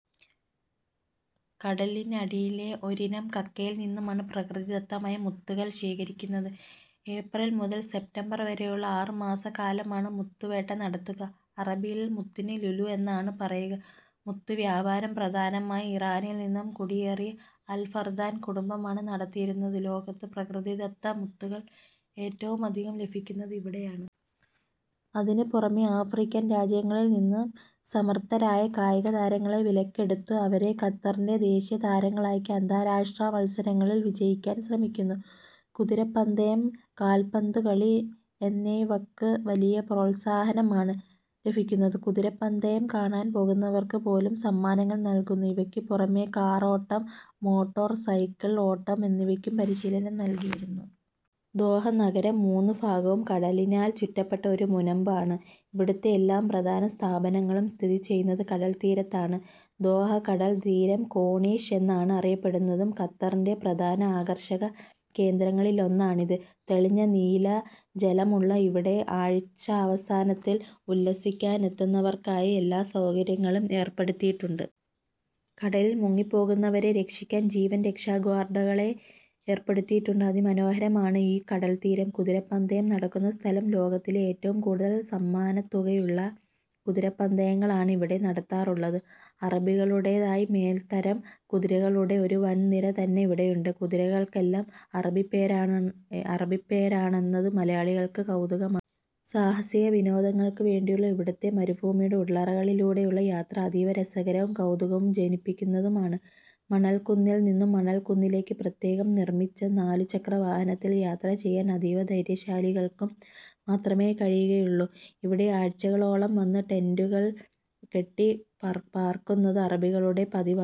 കടലിന്നടിയിലെ ഒരിനം കക്കയിൽ നിന്നുമാണ് പ്രകൃതി ദത്തമായ മുത്തുകൾ ശേഖരിക്കുന്നത്. ഏപ്രിൽ മുതൽ സെപ്റ്റംബർ വരെയുള്ള ആറു മാസക്കാലമാണ് മുത്തു വേട്ട നടത്തുക. അറബിയിൽ മുത്തിനു ലുലു എന്നാണ് പറയുക. മുത്തു വ്യാപാരം പ്രധാനമായും ഇറാനിൽ നിന്നും കുടിയേറിയ അൽ ഫർദാൻ കുടുംബമാണ് നടത്തിയിരുന്നതു. ലോകത്ത് പ്രകൃതിദത്ത മുത്തുകൾ ഏറ്റവുമധികം ലഭിക്കുന്നത് ഇവിടെയാണ്. അതിനു പുറമെ ആഫ്രിക്കൻ രാജ്യങ്ങളിൽ നിന്നും സമർത്ഥരായ കായിക താരങ്ങളെ വിലക്കെടുത്ത് അവരെ ഖത്തറിന്റെ ദേശീയ താരങ്ങളാക്കി അന്താരാഷ്ട്രാ മൽസരങ്ങളിൽ വിജയിക്കാൻ ശ്രമിക്കുന്നു. കുതിരപ്പന്തയം, കാല്പന്തു കളി എന്നൈവക്ക് വലിയ പ്രോൽസാഹനമാണ് ലഭിക്കുന്നത്. കുതിരപ്പന്തയം കാണാൻ പോകുന്നവർക്കു പോലും സമ്മാനങ്ങൾ നൽകുന്നു. ഇവക്കു പുറമെ കാറോട്ടം, മോട്ടോർ സൈക്കിൾ ഓട്ടം എന്നിവക്കും പരിശീലനം നൽകി വരുന്നു. ദോഹ നഗരം മൂന്നുഭാഗവും കടലിനാൽ ചുറ്റപ്പെട്ട ഒരു മുനമ്പ് ആണു. ഇവിടുത്തെ എല്ലാ പ്രധാന സ്ഥാപനങ്ങളും സ്ഥിതിചെയ്യുന്നത് കടൽത്തീരത്താണ്. ദോഹ കടൽ തീരം കോണീഷ് എന്നാണു അറിയപ്പെടുന്നതു. ഖത്തറിന്റെ പ്രധാന ആകർഷക കേന്ദ്രങ്ങളിലൊന്നാണിത്. തെളിഞ്ഞ നീല ജലം ഉള്ള ഇവിടെ ആഴ്ചാവസാനത്തിൽ ഉല്ലസിക്കാനെത്തുന്നവർക്കായി എല്ലാ സൗകര്യങ്ങളും ഏർപ്പെടുത്തിയിട്ടുണ്ട്. കടലിൽ മുങ്ങിപ്പോകുന്നവരെ രക്ഷിക്കാൻ ജീവൻ രക്ഷാ ഗ്വാർഡുകളെ ഏർപ്പെടുത്തിയിട്ടുണ്ട്. അതി മനോഹരമാണു ഈ കടൽത്തീരം. കുതിരപ്പന്തയം നടക്കുന്ന സ്ഥലം. ലോകത്തിലെ ഏറ്റവും കൂടുതൽ സമ്മാനത്തുകയുള്ള കുതിരപ്പന്തയങ്ങളാണു ഇവിടെ നടത്താറുള്ളതു. അറബികളുടെതായി മേൽത്തരം കുതിരകളുടെ ഒരു വൻ നിര തന്നെ ഇവിടെയുണ്ട്. കുതിരകൾക്കെല്ലാം അറബിപ്പേരാണെന്നതു മലയാളികൾക്കു കൗതുകമാണു. സാഹസിക വിനോദങ്ങൾക്കു വേണ്ടിയുള്ള ഇവിടുത്തെ മരുഭൂമിയുടെ ഉള്ളറകളിലൂടെയുള്ള യാത്ര അതീവ രസകരവും കൗതുകം ജനിപ്പിക്കുന്നതുമാണു. മണൽക്കുന്നിൽ നിന്നും മണൽ കുന്നിലേക്ക് പ്രത്യേകം നിർമ്മിച്ച നാലു ചക്ര വഹനത്തിൽ യാത്ര ചെയ്യാൻ അതീവ ധൈര്യശാലികൾക്കു മാത്രമെ കഴിയുകയുള്ളു. ഇവിടെ ആഴ്ചകളോളം വന്ന് ടെന്റുകൾ കെട്ടി പർക്കുന്നത് അറബികളുടെ പതിവാണു.